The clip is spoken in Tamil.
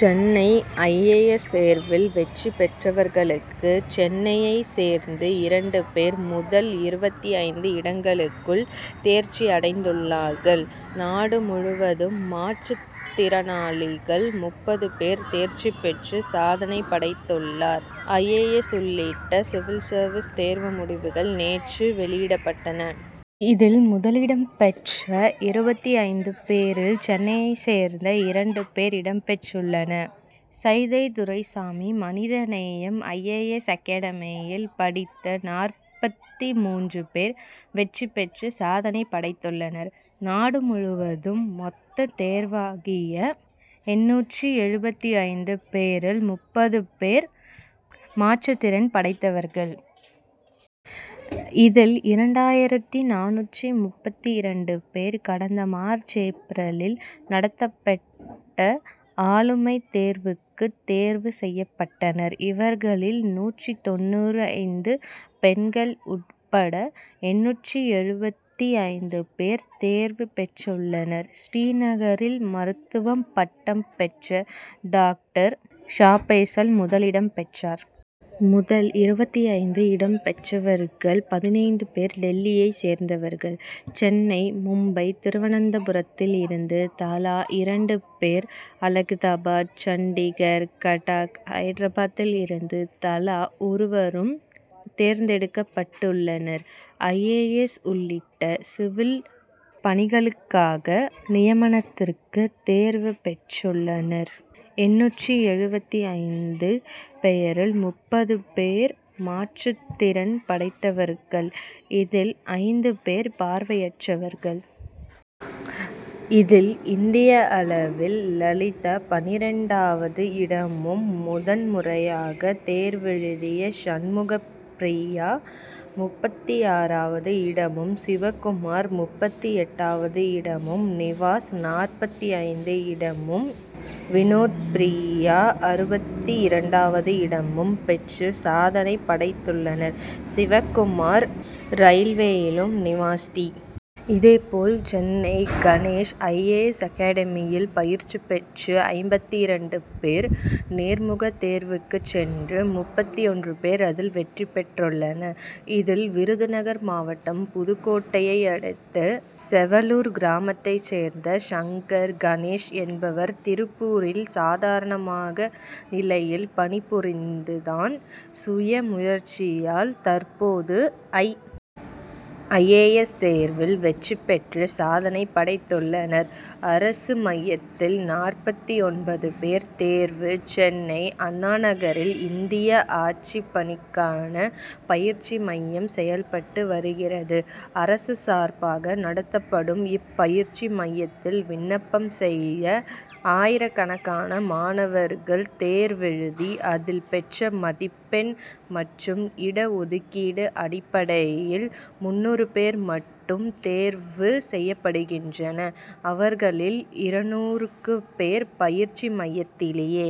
சென்னை ஐ. ஏ. எஸ். தேர்வில் வெற்றி பெற்றவர்களுக்கு சென்னையைச் சேர்ந்த இரண்டு பேர் முதல் இருபத்தி ஐந்து இடங்களுக்குள் தேர்ச்சியடைந்துள்ளாணர்கள். நாடு முழுவதும் மாற்றுத் திறனாளிகள் முப்பது பேர் தேர்ச்சி பெற்று சாதனை படைத்துள்ளனர். ஐ. ஏ. எஸ். உள்ளிட்ட சிவில் சர்வீஸ் தேர்வு முடிவுகள் நேற்று வெளியிடப்பட்டன. இதில் முதலிடம் பெற்ற இருபத்தி ஐந்து பேரில் சென்னையைச் சேர்ந்த இரண்டு பேர் இடம் பெற்றுள்ளனர். சைதை துரைசாமி மனித நேயம் ஐ. ஏ. எஸ். அகடமியில் படித்த நாற்பத்தி மூன்று பேர் வெற்றி பெற்று சாதனை படைத்துள்ளனர். நாடு முழுவதும் மொத்தம் தேர்வாகிய எண்ணூற்று எழுபத்தி ஐந்து பேரில் முப்பது பேர் மாற்றுத்திறன் படைத்தவர்கள். இதில் இரண்டாயிரத்தி நானூற்று முப்பத்தி இரண்டு பேர் கடந்த மார்ச் ஏப்ரலில் நடத்தப்பட்ட ஆளுமைத் தேர்வுக்கு தேர்வு செய்யப்பட்டனர். இவர்களில் நூற்று தொண்ணூற்று ஐந்து பெண்கள் உட்பட எண்ணூறு எழுபத்தி ஐந்து பேர் தேர்வு பெற்றுள்ளனர். ஸ்ரீநகரில் மருத்துவ பட்டம் பெற்ற டாக்டர் ஷாபேசல் முதலிடம் பெற்றார். முதல் இருபத்தி ஐந்து இடம் பெற்றவர்கள் பதினைந்து பேர் டெல்லியைச் சேர்ந்தவர்கள். சென்னை மும்பை திருவனந்தபுரத்தில் இருந்து தலா இரண்டு பேரும் அலகாபாத் சண்டிகர் கடாக் ஐதராபாத்தில் இருந்து தலா ஒருவரும் தேர்ந்தெடுக்கப்பட்டுள்ளனர். ஐ. ஏ. எஸ். உள்ளிட்ட சிவில் பணிகளுக்காக நியமனத்திற்கு தேர்வு பெற்றுள்ள எண்ணூற்று எழுபத்தி ஐந்து பேரில் முப்பது பேர் மாற்றுத்திறன் படைத்தவர்கள் இதில் ஐந்து பேர் பார்வையற்றவர்கள். இதில் இந்திய அளவில் லலிதா பன்னிரண்டாவது இடமும் முதன் முறையாக தேர்வெழுதிய சண்முகப் பிரியா முப்பத்தி ஆறாவது இடமும் சிவகுமார் முப்பத்தி எட்டாவது இடமும் நிவாஸ் நாற்பத்தி ஐந்தாது இடமும் வினோத்பிரியா அறுபத்தி இரண்டாவது இடமும் பெற்று சாதனை படைத்துள்ளனர். சிவகுமார் ரயில்வேயிலும் நிவாஸ் டி. இதே போல் Chennai Ganesh I. A. S. அகடமியில் பயிற்சி பெற்ற ஐம்பத்தி இரண்டு பேர் நேர்முகத் தேர்வுக்கு சென்று முப்பத்தி ஒன்று பேர் அதில் வெற்றி பெற்றுள்ளனர். இதில் விருதுநகர் மாவட்டம் புதுக்கோட்டையை அடுத்த செவலூர் கிராமத்தைச் சேர்ந்த சங்கர் கணேஷ் என்பவர் திருப்பூரில் சாதாரணமாக நிலையில் பணி புரிந்து தான் சுய முயற்சியால் தற்போது ஐ. ஐ.ஏ. எஸ். தேர்வில் வெற்றி பெற்று சாதனை படைத்துள்ளார். அரசு மையத்தில் நாற்பத்தி ஒன்பது பேர் தேர்வு சென்னை அண்ணாநகரில் இந்திய ஆட்சிப் பணிக்கான பயிற்சி மையம் செயல்பட்டு வருகிறது. அரசு சார்பாக நடத்தப்படும் இப்பயிற்சி மையத்தில் விண்ணப்பம் செய்த ஆயிரக்கணக்கான மாணவர்களில் தேர்வு எழுதி அதில் பெற்ற மதிப்பெண் மற்றும் இட ஒதுக்கீடு அடிப்படையில் முந்நூறு பேர் மட்டும் தேர்வு செய்யப்படுகின்றனர். அவர்களில் இருநூறு பேருக்கு பயிற்சி மையத்திலேயே